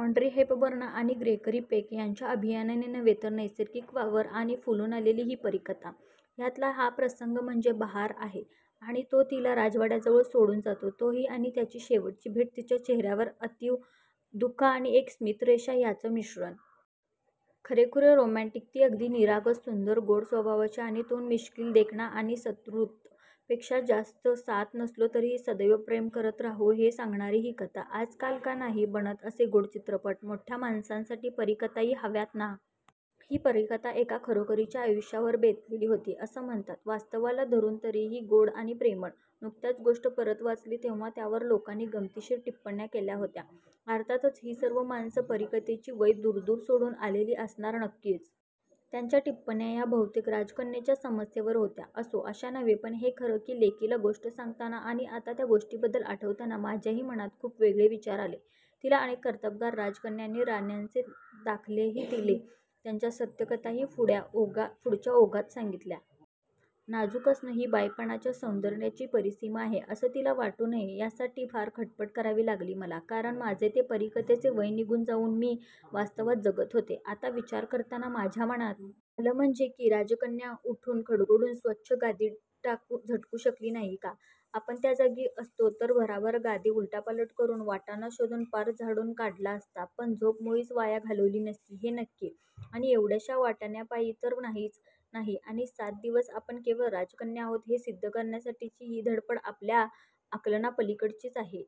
Audrey Hepburn आणि Gregory Peck ह्यांच्या अभिनयाने नव्हे तर नैसर्गिक वावर यांनी फुलून आलेली ही परीकथा. ह्यातला हा प्रसंग म्हणजे बहार आहे आणि तो तिला राजवाड्याजवळ सोडून जातो तोही आणि त्यांची शेवटची भेट तिच्या चेहऱ्यावर अतीव दुःख आणि एक स्मितरेषा ह्याचं मिश्रण! खरेखुरे रोमँटिक.. ती अगदी निरागस सुंदर, गोड स्वभावाची आणि तो मिश्किल, देखणा आणि सत्प्रवृत्त! पेक्षा, साथ नसलो तरीही सदैव प्रेम करत राहू हे सांगणारी ही कथा! आजकाल का नाही बनत असे गोड चित्रपट. मोठ्या माणसांसाठी परीकथाही हव्यात ना! ही परीकथा एका खरोखरीच्या आयुष्यावर बेतलेली होती असं म्हणतात. वास्तवाला धरुन तरीही गोड आणि प्रेमळ. नुकत्यात गोष्ट परत वाचली तेंव्हा त्यावर लोकांनी गंमतशीर टिप्पण्या केल्या होत्या. अर्थातच ही सर्व माणसं परीकथेची वयं दूर-दूर सोडून आलेली असणार नक्कीच. त्यांच्या टिप्पण्या ह्या बहुतेक राजकन्येच्या समस्येवर होत्या. असो! अशा नव्हे पण हे खरं की लेकीला गोष्ट सांगताना, आणि आता त्या गोष्टीबद्दल आठवताना माझ्याही मनात खूप वेगळे विचार आले. तिला अनेक कर्तबगार राजकन्या आणि राण्यांचे दाखलेही दिले, त्यांच्या सत्यकथाही पुढ्या पुढच्या ओघात सांगितल्या. नाजूक असणं ही बाईपणाच्या सौन्दर्याची परिसीमा आहे असं तिला वाटू नये, यासाठी फार खटपट करावी लागली मला. कारण माझे ते परीकथेचं वय निघून जाऊन मी वास्तवात जगत होते. आता विचार करताना माझ्या मनात आलं म्हणजे ही राजकन्या उठून खडबडून स्वच्छ गादी झटकू शकली नाही का, आपण त्या जागी असतो तर भराभर गादी उलटापालट करुन, वाटाणा शोधून पार झाडून काढला असता पण झोप मुळीच वाया घालवली नसती हे नक्की आणि एवढ्याश्या वाटाण्यापायी तर नाहीच नाही आणि सात दिवस आपण केवळ राजकन्या आहोत हे सिद्ध करण्यासाठीची ही धडपड आपल्या आकलनापलीकडचीच आहे.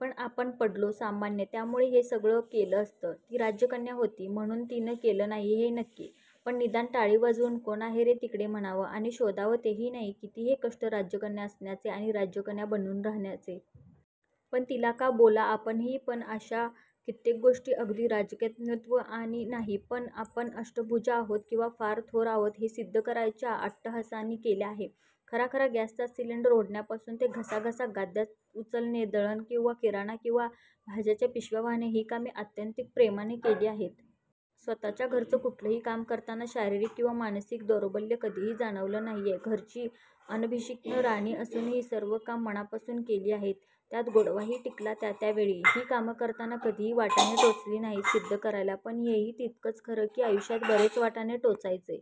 पण आपण पडलो सामान्य त्यामुळे हे सगळं केलं असतं, ती राजकन्या होती म्हणून तिनं केलं नाही हे नक्की! पण निदान टाळी वाजवून "कोण आहे रे तिकडे म्हणावं "आणि शोधावं तेही नाही. किती हे कष्ट राजकन्या असण्याचे आणि राजकन्या बनून राहण्याचे. पण तिला का बोला आपणही पण अशा कित्येक गोष्टी अगदी राजकन्यत्व नाही पण आपण अष्टभुजा आहोत किंवा फार थोर आहोत हे सिद्ध करायच्या अट्टहासानी केल्या आहे. खराखरा गॅसचा सिलेंडर ओढण्यापासून ते खसा-खसा गाद्या उचलणे, दळण किंवा किराणा किंवा भाजीच्या पिशव्या वाहणे ही कामे आत्यंतिक प्रेमाने केली आहेत. स्वतःच्या घरचं कुठलंही काम करताना शारीरिक किंवा मानसिक दौर्बल्य कधीही जाणवलं नाहीये. घरची अनभिषिक्त राणी असूनही सर्व कामं मनापासून केली आहेत! त्यात गोडवाही टिकला त्या त्या वेळी! ही कामं करताना कधीही वाटाणे टोचले नाहीत सिद्ध करायला. पण हेही तितकंच खरं की आयुष्यात बरेच वाटाणे टोचायचे--